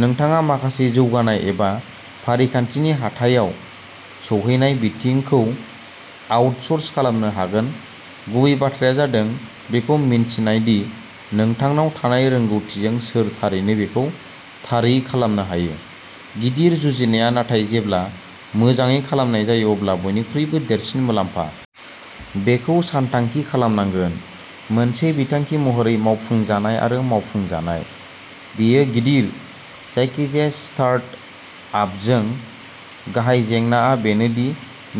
नोंथाङा माखासे जौगानाय एबा फारिखान्थिनि "हाथायाव सौहैनाय" बिथिंखौ आउटसोर्स खालामनो हागोन-गुबै बाथ्राया जादों बेखौ मिन्थिनाय दि नोंथांनाव थानाय रोंग'थिजों सोर थारैनो बेखौ थारै खालामनो हायो। गिदिर जुजिनाया नाथाय जेब्ला मोजाङै खालामनाय जायो अब्ला बयनिख्रुइबो देरसिन मुलाम्फा। बेखौ सानथांखि खालामनांगोन। मोनसे बिथांखि महरै मावफुंजानाय आरो मावफुंजानाय। बेयो गिदिर। जायखिजाया स्टार्ट आपजों गाहाय जेंनाआ बेनो दि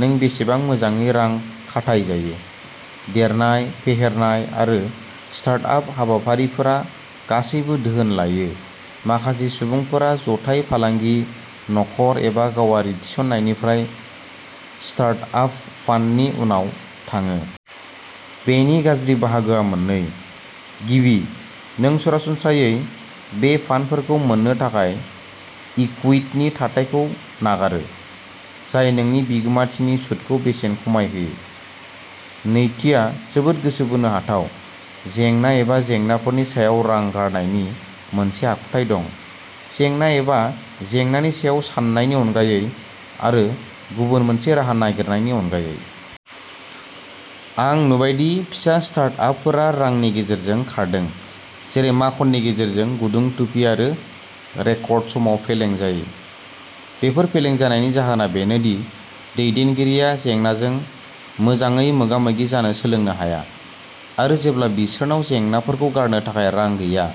नों बेसेबां मोजाङै रां खाथायजायो? देरनाय, फेहेरनाय आरो स्टार्ट आप हाबाफारिफोरा गासैबो धोन लायो। माखासे सुबुंफोरा ज'थाय फालांगि, नखर एबा गावारि थिसननायनिफ्राय "स्टार्ट आप फान्ड" नि उनाव थाङो। बेनि गाज्रि बाहागोआ मोननै। गिबि, नों सरासनस्रायै बे फान्डफोरखौ मोननो थाखाय इकुइटनि थाथायखौ नागारो, जाय नोंनि बिगोमाथिनि सुदखौ बेसेन खमायहोयो। नैथिआ जोबोद गोसो बोनो हाथाव-जेंना एबा जेंनाफोरनि सायाव रां गारनायनि मोनसे आखुथाय दं, जेंना एबा जेंनानि सायाव साननायनि अनगायै आरो गुबुन मोनसे राहा नागिरनायनि अनगायै। आं नुबाय दि फिसा स्टार्ट-आपफोरा रांनि गेजेरजों खारदों जेरै माखननि गेजेरजों गुदुं थुफि आरो रेकर्ड समाव फेलें जायो। बेफोर फेलें जानायनि जाहोना बेनो दि दैदेनगिरिया जेंनाजों मोजाङै मोगा-मोगि जानो सोलोंनो हाया। आरो जेब्ला बिसोरनाव जेंनाफोरखौ गारनो थाखाय रां गैया,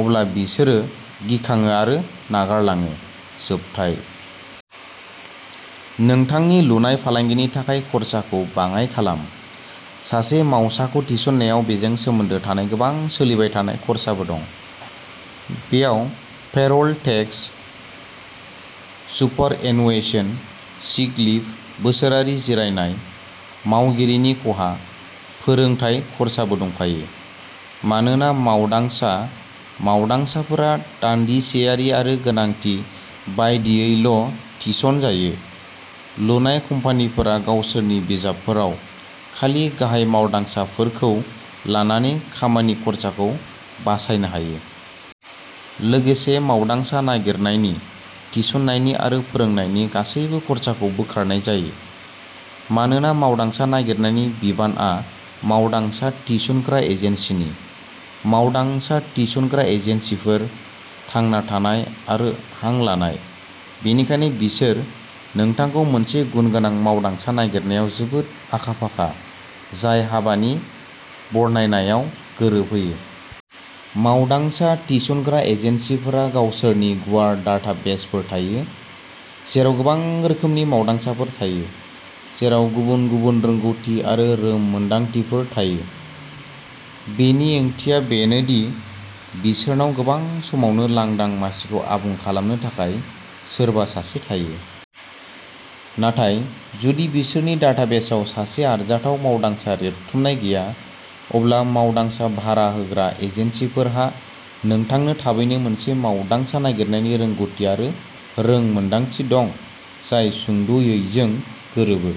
अब्ला बिसोरो गिखाङो आरो नागारलाङो-जोबथाय। नोंथांनि लुनाय फालांगिनि थाखाय खर्साखौ बाङाय खालाम। सासे मावसाखौ थिसननायाव बेजों सोमोन्दो थानाय गोबां सोलिबाय थानाय खर्साबो दं। बेयाव payroll tax, superannuation, sick leave, बोसोरारि जिरायनाय, मावगिरिनि खहा, फोरोंथाय खर्साबो दंफायो। मानोना मावदांसा मावदांसाफोरा दानदिसेयारि आरो गोनांथि बादियैल'थिसनजायो, लुनाय कम्पानिफोरा गावसोरनि बिजाबफोराव खालि गाहाय मावदांसाफोरखौ लानानै खामानि खर्साखौ बासायनो हायो। लोगोसे, मावदांसा नागिरनायनि, थिसननायनि आरो फोरोंनायनि गासैबो खर्साखौ बोखारनाय जायो, मानोना मावदांसा नागिरनायनि बिबानआ मावदांसा थिसनग्रा एजेन्सिनि। मावदांसा थिसनग्रा एजेन्सिफोर, थांना थानाय आरो हां लानाय, बेनिखायनो बिसोर नोंथांखौ मोनसे गुनगोनां मावदांसा नागिरनायाव जोबोद आखा-फाखा जाय हाबानि बरनायनायाव गोरोबहोयो। मावदांसा थिसनग्रा एजेन्सिफोरहा गावसोरनि गुवार डाटाबेसफोर थायो, जेराव गोबां रोखोमनि मावदांसाफोर थायो, जेराव गुबुन गुबुन रोंग'थि आरो रोंमोनदांथिफोर थायो। बेनि ओंथिया बेनो दि बिसोरनाव गोबां समावनो लांदां मासिखौ आबुं खालामनो थाखाय सोरबा सासे थायो। नाथाय, जुदि बिसोरनि डाटाबेसाव सासे आरजाथाव मावदांसा रेबथुमनाय गैया, अब्ला मावदांसा भारा होग्रा एजेन्सिफोरहा नोंथांनो थाबैनो मोनसे मावदांसा नागिरनायनि रोंग'थि आरो रोंमोन्दांथि दं, जाय सुंद'यैजों गोरोबो।